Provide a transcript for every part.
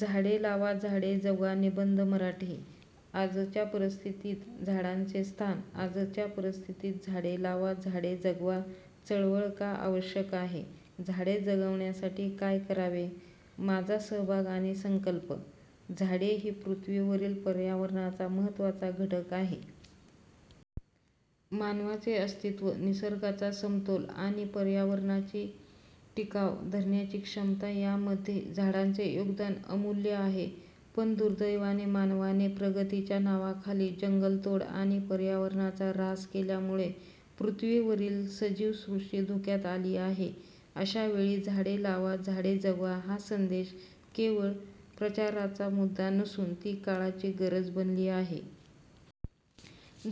झाडे लावा, झाडे जगवा निबंध मराठी, आजच्या परिस्थितीत झाडांचे स्थान, आजच्या परिस्थितीत झाडे लावा, झाडे जगवा चळवळ का आवश्यक आहे? झाडे जगवण्यासाठी काय करावे? माझा सहभाग आणि संकल्प. झाडे ही पृथ्वीवरील पर्यावरणाचा महत्त्वाचा घटक आहेत. मानवाचे अस्तित्व, निसर्गाचा समतोल आणि पर्यावरणाची टिकाव धरण्याची क्षमता यामध्ये झाडांचे योगदान अमूल्य आहे. पण दुर्दैवाने, मानवाने प्रगतीच्या नावाखाली जंगलतोड आणि पर्यावरणाचा ऱ्हास केल्यामुळे पृथ्वीवरील सजीव सृष्टी धोक्यात आली आहे. अशा वेळी झाडे लावा, झाडे जगवा हा संदेश केवळ प्रचाराचा मुद्दा नसून, ती काळाची गरज बनली आहे.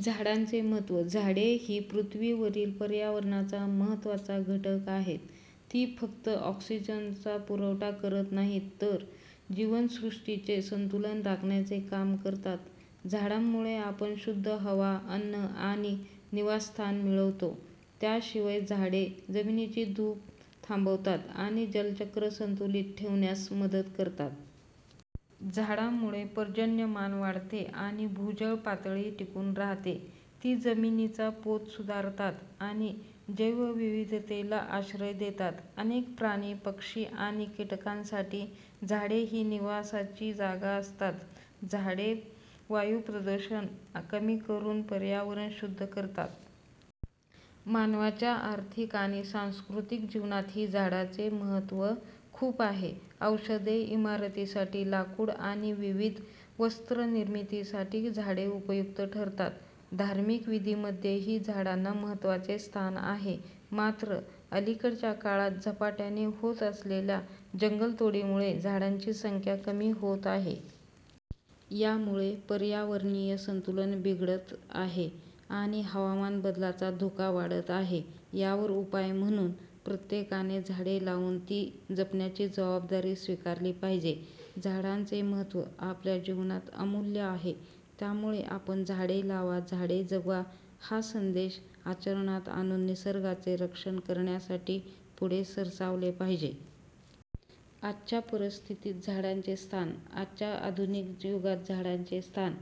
झाडांचे महत्त्व. झाडे ही पृथ्वीवरील पर्यावरणाचा महत्त्वाचा घटक आहेत. ती फक्त ऑक्सिजनचा पुरवठा करत नाहीत, तर जीवसृष्टीचे संतुलन राखण्याचे काम करतात. झाडांमुळे आपण शुद्ध हवा, अन्न आणि निवासस्थान मिळवतो. त्याशिवाय झाडे जमिनीची धूप थांबवतात आणि जलचक्र संतुलित ठेवण्यास मदत करतात. झाडांमुळे पर्जन्यमान वाढते आणि भूजल पातळी टिकून राहते. ती जमिनीचा पोत सुधारतात आणि जैवविविधतेला आश्रय देतात. अनेक प्राणी, पक्षी आणि कीटकांसाठी झाडे ही निवासाची जागा असतात. झाडे वायुप्रदूषण कमी करून पर्यावरण शुद्ध करतात. मानवाच्या आर्थिक आणि सांस्कृतिक जीवनातही झाडांचे महत्त्व खूप आहे. औषधे, इमारतीसाठी लाकूड आणि विविध वस्त्रनिर्मितीसाठी झाडे उपयुक्त ठरतात. धार्मिक विधींमध्येही झाडांना महत्त्वाचे स्थान आहे. मात्र, अलीकडच्या काळात झपाट्याने होत असलेल्या जंगलतोडीमुळे झाडांची संख्या कमी होत आहे. यामुळे पर्यावरणीय संतुलन बिघडत आहे आणि हवामान बदलाचा धोका वाढत आहे. यावर उपाय म्हणून प्रत्येकाने झाडे लावून ती जपण्याची जबाबदारी स्वीकारली पाहिजे. झाडांचे महत्त्व आपल्या जीवनात अमूल्य आहे. त्यामुळे आपण झाडे लावा, झाडे जगवा हा संदेश आचरणात आणून निसर्गाचे रक्षण करण्यासाठी पुढे सरसावले पाहिजे. आजच्या परिस्थितीत झाडांचे स्थान. आजच्या आधुनिक युगात झाडांचे स्थान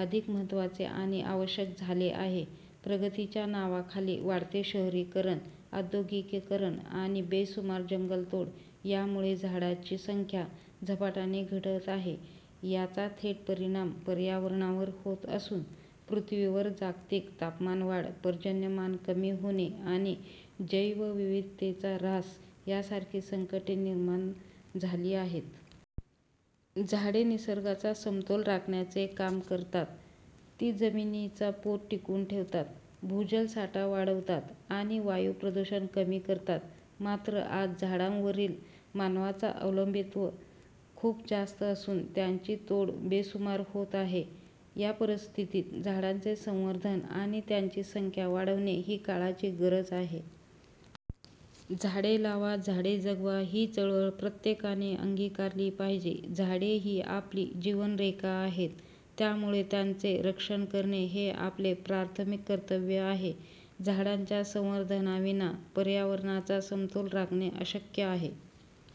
अधिक महत्त्वाचे आणि आवश्यक झाले आहे. प्रगतीच्या नावाखाली वाढते शहरीकरण, औद्योगिकीकरण आणि बेसुमार जंगलतोड यामुळे झाडांची संख्या झपाट्याने घटत आहे. याचा थेट परिणाम पर्यावरणावर होत असून, पृथ्वीवर जागतिक तापमानवाढ, पर्जन्यमान कमी होणे आणि जैवविविधतेचा ऱ्हास यासारखी संकटे निर्माण झाली आहेत. झाडे निसर्गाचा समतोल राखण्याचे काम करतात. ती जमिनीचा पोत टिकवून ठेवतात, भूजल साठा वाढवतात आणि वायुप्रदूषण कमी करतात. मात्र, आज झाडांवरील मानवाचा अवलंबित्व खूप जास्त असून, त्यांची तोड बेसुमार सुरू आहे. या परिस्थितीत झाडांचे संवर्धन आणि त्यांची संख्या वाढवणे ही काळाची गरज आहे. झाडे लावा, झाडे जगवा ही चळवळ प्रत्येकाने अंगीकारली पाहिजे. झाडे ही आपली जीवनरेखा आहेत, त्यामुळे त्यांचे रक्षण करणे हे आपले प्राथमिक कर्तव्य आहे. झाडांच्या संवर्धनाविना पर्यावरणाचा समतोल राखणे अशक्य आहे.